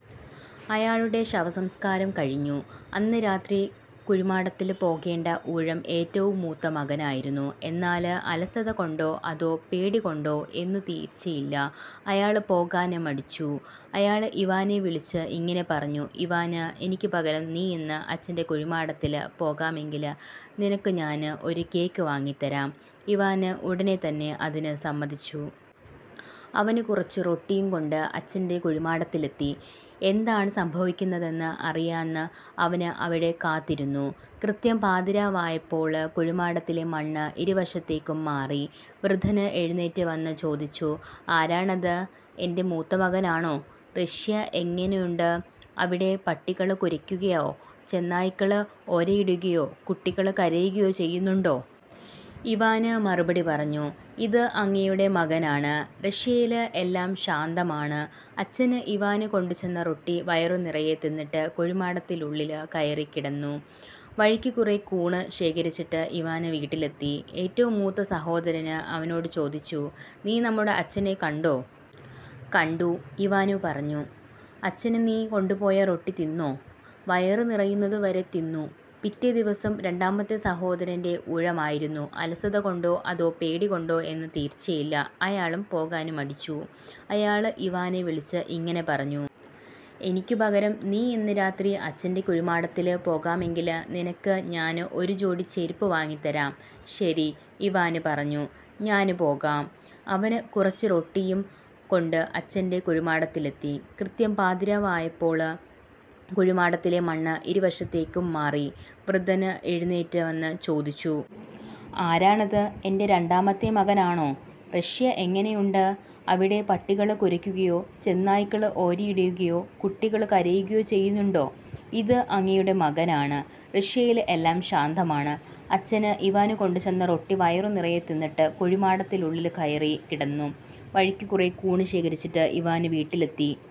അയാളുടെ ശവസംസ്കാരം കഴിഞ്ഞു. അന്ന് രാത്രി കുഴിമാടത്തില് പോകേണ്ട ഊഴം ഏറ്റവും മൂത്ത മകനായിരുന്നു. എന്നാല് അലസത കൊണ്ടോ അതോ പേടി കൊണ്ടോ എന്നു തീര്ച്ചയില്ല, അയാള് പോകാന് മടിച്ചു. അയാള് ഇവാനെ വിളിച്ച് ഇങ്ങിനെ പറഞ്ഞു. "ഇവാന്, എനിക്കു പകരം നീ ഇന്ന് അച്ഛന്റെ കുഴിമാടത്തില് പോകാമെങ്കില് നിനക്കു ഞാന് ഒരു കേക്ക് വാങ്ങിത്തരാം" ഇവാന് ഉടന് തന്നെ അതിന് സമ്മതിച്ചു. അവന് കുറച്ചു റൊട്ടിയും കൊണ്ട് അച്ഛന്റെ കുഴിമാടത്തിലെത്തി. എന്താണ് സംഭവിക്കുന്നതെന്ന് അറിയാന് അവന് അവിടെ കാത്തിരുന്നു. കൃത്യം പാതിരായായപ്പോള് കുഴിമാടത്തിലെ മണ്ണ് ഇരുവശത്തേയ്ക്കും മാറി. വൃദ്ധന് എഴുന്നേറ്റ് വന്ന് ചോദിച്ചു. "ആരാണത്? എന്റെ മൂത്തമകനാണോ? റഷ്യ എങ്ങിനെയുണ്ട്? അവിടെ പട്ടികള് കുരയ്ക്കുകയോ, ചെന്നായ്ക്കള് ഓരിയിടുകയോ, കുട്ടികള് കരയുകയോ ചെയ്യുന്നുണ്ടോ? " ഇവാന് മറുപടി പറഞ്ഞു. "ഇത് അങ്ങയുടെ മകനാണ്. റഷ്യയില് എല്ലാം ശാന്തമാണ്" അച്ഛന്, ഇവാന് കൊണ്ടുചെന്ന റൊട്ടി വയറു നിറയെ തിന്നിട്ട് കുഴിമാടത്തിനുള്ളില് കയറി കിടന്നു. വഴിക്കു കുറെ കൂണ് ശേഖരിച്ചിട്ട് ഇവാന് വീട്ടിലെത്തി. ഏറ്റവും മൂത്ത സഹോദരന് അവനോടു ചോദിച്ചു. "നീ നമ്മുടെ അച്ഛനെ കണ്ടോ? " "കണ്ടു" ഇവാന് പറഞ്ഞു. "അച്ഛന് നീ കൊണ്ട് പോയ റൊട്ടി തിന്നോ? " "വയറ് നിറയുന്നത് വരെ തിന്നു" പിറ്റേദിവസം രണ്ടാമത്തെ സഹോദരന്റെ ഊഴമായിരുന്നു. അലസത കൊണ്ടോ അതോ പേടി കൊണ്ടോ എന്നു തീര്ച്ചയില്ല, അയാളും പോകാന് മടിച്ചു. അയാള് ഇവാനെ വിളിച്ച് ഇങ്ങിനെ പറഞ്ഞു. "എനിക്കു പകരം നീ ഇന്ന് രാത്രി അച്ഛന്റെ കുഴിമാടത്തില് പോകാമെങ്കില് നിനക്കു ഞാന് ഒരു ജോഡി ചെരുപ്പ് വാങ്ങിത്തരാം" "ശരി," ഇവാന് പറഞ്ഞു. "ഞാന് പോകാം. " അവന് കുറച്ചു റൊട്ടിയും കൊണ്ട് അച്ഛന്റെ കുഴിമാടത്തിലെത്തി. കൃത്യം പാതിരായായപ്പോള് കുഴിമാടത്തിലെ മണ്ണ് ഇരുവശത്തേയ്ക്കും മാറി. വൃദ്ധന് എഴുന്നേറ്റ് വന്ന് ചോദിച്ചു. "ആരാണത്? എന്റെ രണ്ടാമത്തെ മകനാണോ? റഷ്യ എങ്ങിനെയുണ്ട്? അവിടെ പട്ടികള് കുരയ്ക്കുകയോ, ചെന്നായ്ക്കള് ഓരിയിടുകയോ, കുട്ടികള് കരയുകയോ ചെയ്യുന്നുണ്ടോ? " "ഇത് അങ്ങയുടെ മകനാണ്. റഷ്യയില് എല്ലാം ശാന്തമാണ്" അച്ഛന്, ഇവാന് കൊണ്ടുചെന്ന റൊട്ടി വയറു നിറയെ തിന്നിട്ട് കുഴിമാടത്തിനുള്ളില് കയറി കിടന്നു. വഴിക്കു കുറെ കൂണ് ശേഖരിച്ചിട്ട് ഇവാന് വീട്ടിലെത്തി.